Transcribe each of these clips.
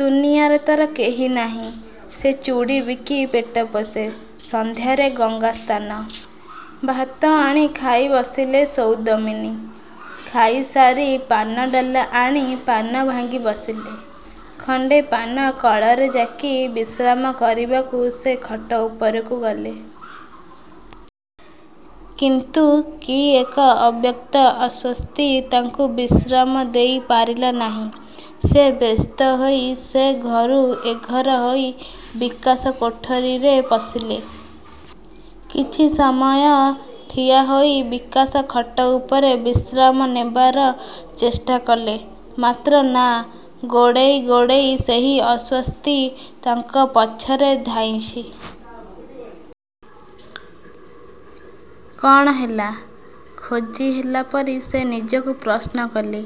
ଦୁନିଆରେ ତାର କେହି ନାହିଁ। ସେ ଚୁଡ଼ି ବିକି ପେଟ ପୋଷେ, ସନ୍ଧ୍ୟାରେ ଗଙ୍ଗା ସ୍ନାନ। ଭାତ ଆଣି ଖାଇ ବସିଲେ ସୌଦମିନୀ। ଖାଇସାରି ପାନଡ଼ାଲା ଆଣି ପାନ ଭାଙ୍ଗି ବସିଲେ। ଖଣ୍ଡେ ପାନ କଳରେ ଜାକି ବିଶ୍ରାମ କରିବାକୁ ସେ ଖଟ ଉପରକୁ ଗଲେ। କିନ୍ତୁ କି ଏକ ଅବ୍ୟକ୍ତ ଅସ୍ଵସ୍ତି ତାଙ୍କୁ ବିଶ୍ରାମ ଦେଇ ପାରିଲା ନାହିଁ। ସେ ବ୍ୟସ୍ତ ହୋଇ ସେ ଘରୁ ଏଘର ହୋଇ ବିକାଶ କୋଠରୀରେ ପଶିଲେ। କିଛି ସମୟ ଠିଆ ହୋଇ ବିକାଶ ଖଟ ଉପରେ ବିଶ୍ରାମ ନେବାର ଚେଷ୍ଟା କଲେ। ମାତ୍ର ନାଁ ଗୋଡ଼େଇ ଗୋଡ଼େଇ ସେହି ଅସ୍ଵସ୍ତି ତାଙ୍କ ପଛରେ ଧାଇଁଚି। କଣ ହେଲା? ଖୋଜିହେଲା ପରି ସେ ନିଜକୁ ପ୍ରଶ୍ନ କଲେ।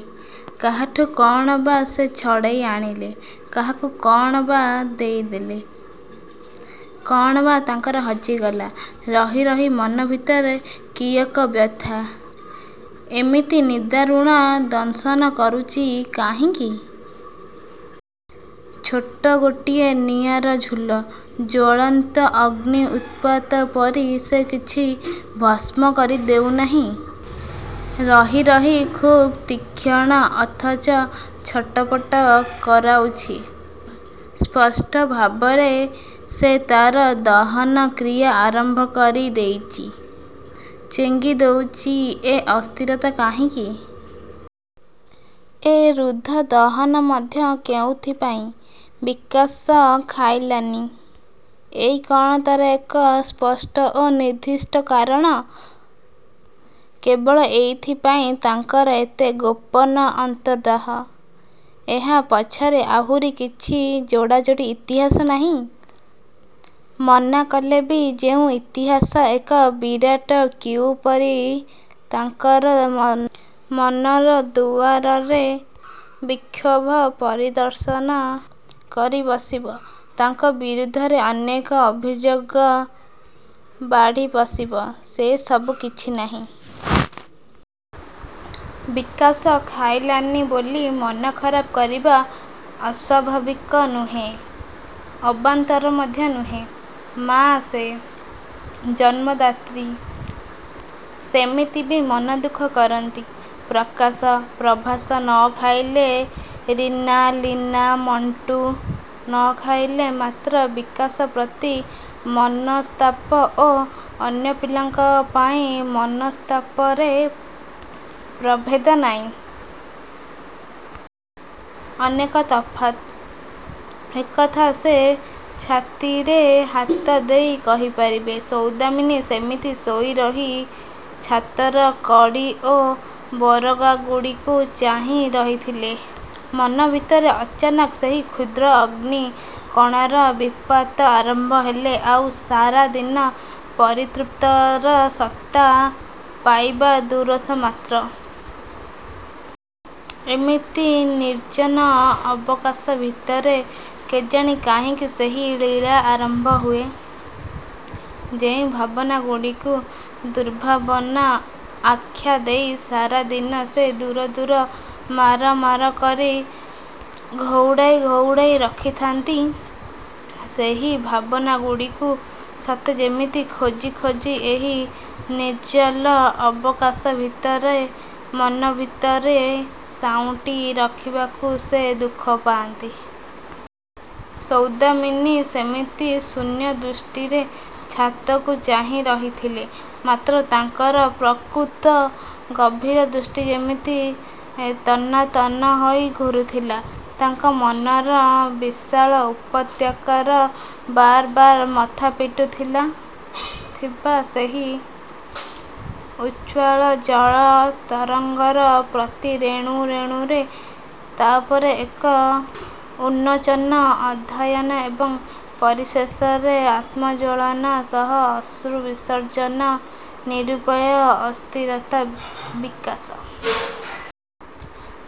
କାହାଠୁ କଣ ବା ସେ ଛଡ଼େଇ ଆଣିଲେ? କାହାକୁ କଣ ବା ଦେଇ ଦେଲେ? କଣ ବା ତାଙ୍କର ହଜିଗଲା? ରହି ରହି ମନ ଭିତରେ କି ଏକ ବ୍ୟଥା, ଏମିତି ନିଦାରୁଣ ଦଂଶନ କରୁଚି କାହିଁକି? ଛୋଟ ଗୋଟିଏ ନିଆଁର ଝୁଲ, ଜ୍ଵଳନ୍ତ ଅଗ୍ନି ଉତ୍ପାତ ପରି ସେ କିଛି ଭସ୍ମ କରି ଦେଉ ନାହିଁ। ରହି ରହି ଖୁବ୍ ତୀକ୍ଷଣ, ଅଥଚ ଛଟପଟ କରାଉଛି। ସ୍ପଷ୍ଟ ଭାବରେ, ସେ ତାର ଦହନ କ୍ରିୟା ଆରମ୍ଭ କରି ଦେଇଚି। ଚେଙ୍ଗି ଦେଉଚି ଏ ଅସ୍ଥିରତା କାହିଁକି? ଏ ରୁଦ୍ଧ ଦହନ ମଧ୍ୟ କେଉଁଥିପାଇଁ? ବିକାଶ ଖାଇଲାନି, ଏଇ କଣ ତାର ଏକ ସ୍ପଷ୍ଟ ଓ ନିର୍ଦ୍ଦିଷ୍ଟ କାରଣ? କେବଳ ଏଇଥିପାଇଁ ତାଙ୍କର ଏତେ ଗୋପନ ଅନ୍ତର୍ଦାହ? ଏହା ପଛରେ ଆହୁରି କିଛି ଯୋଡ଼ାଯୋଡ଼ି ଇତିହାସ ନାହିଁ? ମନା କଲେ ବି ଯେଉଁ ଇତିହାସ, ଏକ ବିରାଟ କ୍ୟୁ ପରି ତାଙ୍କର ମନର ଦୁଆରରେ ବିକ୍ଷୋଭ ପ୍ରଦର୍ଶନ କରି ବସିବ ତାଙ୍କ ବିରୁଦ୍ଧରେ ଅନେକ ଅଭିଯୋଗ ବାଢ଼ି ବସିବ, ସେ ସବୁ କିଛି ନାହିଁ? ବିକାଶ ଖାଇଲା ନି ବୋଲି ମନ ଖରାପ କରିବା ଅସ୍ୱାଭାବିକ ନୁହେଁ, ଅବାନ୍ତର ମଧ୍ୟ ନୁହେଁ। ମାଆ ସେ, ଜନ୍ମଦାତ୍ରୀ। ସେମିତି ବି ମନ ଦୁଃଖ କରନ୍ତି, ପ୍ରକାଶ, ପ୍ରଭାସ ନ ଖାଇଲେ, ରୀନା, ଲୀନା, ମଣ୍ଟୁ ନ ଖାଇଲେ। ମାତ୍ର ବିକାଶ ପ୍ରତି ମନସ୍ତାପ ଓ ଅନ୍ୟ ପିଲାଙ୍କ ପାଇଁ ମନସ୍ତାପରେ ପ୍ରଭେଦ ନାହିଁ? ଅନେକ ତଫାତ୍। ଏକଥା ସେ ଛାତିରେ ହାତ ଦେଇ କହିପାରିବେ। ସୌଦାମିନୀ ସେମିତି ଶୋଇ ରହି ଛାତର କଡ଼ି ଓ ବରଗାଗୁଡ଼ିକୁ ଚାହିଁ ରହିଥିଲେ। ମନ ଭିତରେ ଅଚାନକ ସେହି କ୍ଷୁଦ୍ର ଅଗ୍ନି କଣାର ବିତ୍ପାତ ଆରମ୍ଭ ହେଲେ ଆଉ ସାରା ଦିନ ପରିତୃପ୍ତର ସତ୍ତା ପାଇବା ଦୁରାଶା ମାତ୍ର। ଏମିତି ନିର୍ଜନ ଅବକାଶ ଭିତରେ କେଜାଣି କାହିଁକି ସେହି ଲୀଳା ଆରମ୍ଭ ହୁଏ। ଯେଉଁ ଭାବନାଗୁଡ଼ିକୁ ଦୁର୍ଭାବନା ଆଖ୍ୟା ଦେଇ ସାରା ଦିନ ସେ ଦୂର ଦୂର ମାର ମାର କରି ଘଉଡ଼ାଇ ଘଉଡ଼ାଇ ରଖିଥାନ୍ତି ସେହି ଭାବନାଗୁଡ଼ିକୁ ସତେ ଯେମିତି ଖୋଜି ଖୋଜି ଏହି ନିର୍ଜନ ଅବକାଶ ଭିତରେ ମନ ଭିତରେ ସାଉଁଟି ରଖିବାକୁ ସେ ସୁଖ ପାଆନ୍ତି। ସୌଦାମିନୀ ସେମିତି ଶୂନ୍ୟ ଦୃଷ୍ଟିରେ ଛାତକୁ ଚାହିଁ ରହିଥିଲେ। ମାତ୍ର ତାଙ୍କର ପ୍ରକୃତ ଗଭୀର ଦୃଷ୍ଟି ଯେମିତି ତନ୍ନ ତନ୍ନ ହୋଇ ଘୁରୁଥିଲା। ତାଙ୍କ ମନର ବିଶାଳ ଉପତ୍ୟକାର ବାରବାର ମଥାପିଟୁ ଥିବା ସେହି ଉତ୍ଥାଳ ଜଳ ତରଙ୍ଗର ପ୍ରତି ରେଣୁ ରେଣୁରେ। ତାପରେ ଏକ ଉନ୍ମୋଚନ, ଅଧ୍ୟୟନ ଏବଂ ପରିଶେଷରେ ଆତ୍ମଜ୍ଵଳନ ସହ ଅଶ୍ରୁ ବିସର୍ଜନ ନିରୁପାୟ ଅସ୍ଥିରତା। ବିକାଶ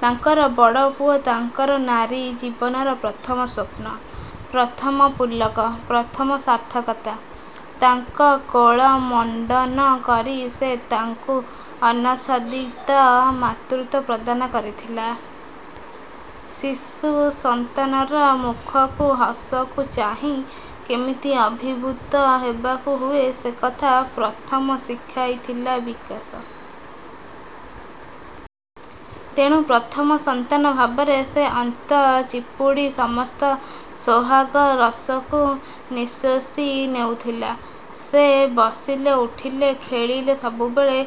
ତାଙ୍କର ବଡ଼ ପୁଅ, ତାଙ୍କ ନାରୀ ଜୀବନର ପ୍ରଥମ ସ୍ୱପ୍ନ। ପ୍ରଥମ ପୁଲକ, ପ୍ରଥମ ସାର୍ଥକତା। ତାଙ୍କ କୋଳ ମଣ୍ଡନ କରି ସେ ତାଙ୍କୁ ଅନାସ୍ୱାଦିତ ମାତୃତ୍ଵ ପ୍ରଦାନ କରିଥିଲା। ଶିଶୁ ସନ୍ତାନର ମୁଖକୁ, ହସକୁ ଚାହିଁ, କେମିତି ଅଭିଭୂତ ହେବାକୁ ହୁଏ ସେ କଥା ପ୍ରଥମ ଶିଖାଇଥିଲା ବିକାଶ। ତେଣୁ ପ୍ରଥମ ସନ୍ତାନ ଭାବରେ ସେ ଅନ୍ତ ଚିପୁଡ଼ି ସମସ୍ତ ସୋହାଗ ରସକୁ ନିଃଶେଷି ନେଉଥିଲା। ସେ ବସିଲେ, ଉଠିଲେ, ଖେଳିଲେ, ସବୁବେଳେ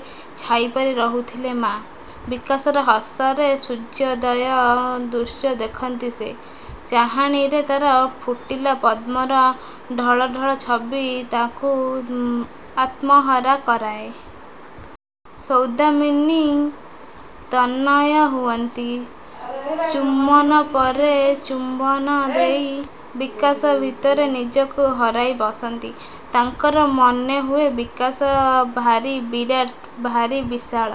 ଛାଇପରି ରହୁଥିଲେ ମା । ବିକାଶର ହସରେ ସୂର୍ଯ୍ୟୋଦୟର ଦୃଶ୍ୟ ଦେଖନ୍ତି ସେ। ଚାହାଣିରେ ତାର ଫୁଟିଲା ପଦ୍ମର ଢଳଢ଼ଳ ଛବି ତାଙ୍କୁ ଆତ୍ମହରା କରାଏ। ସୌଦାମିନୀ ତନ୍ମୟ ହୁଅନ୍ତି। ଚୁମ୍ବନ ପରେ ଚୁମ୍ବନ ଦେଇ ବିକାଶ ଭିତରେ ନିଜକୁ ହରାଇ ବସନ୍ତି। ତାଙ୍କର ମନେ ହୁଏ ବିକାଶ ଭାରି ବିରାଟ, ଭାରି ବିଶାଳ।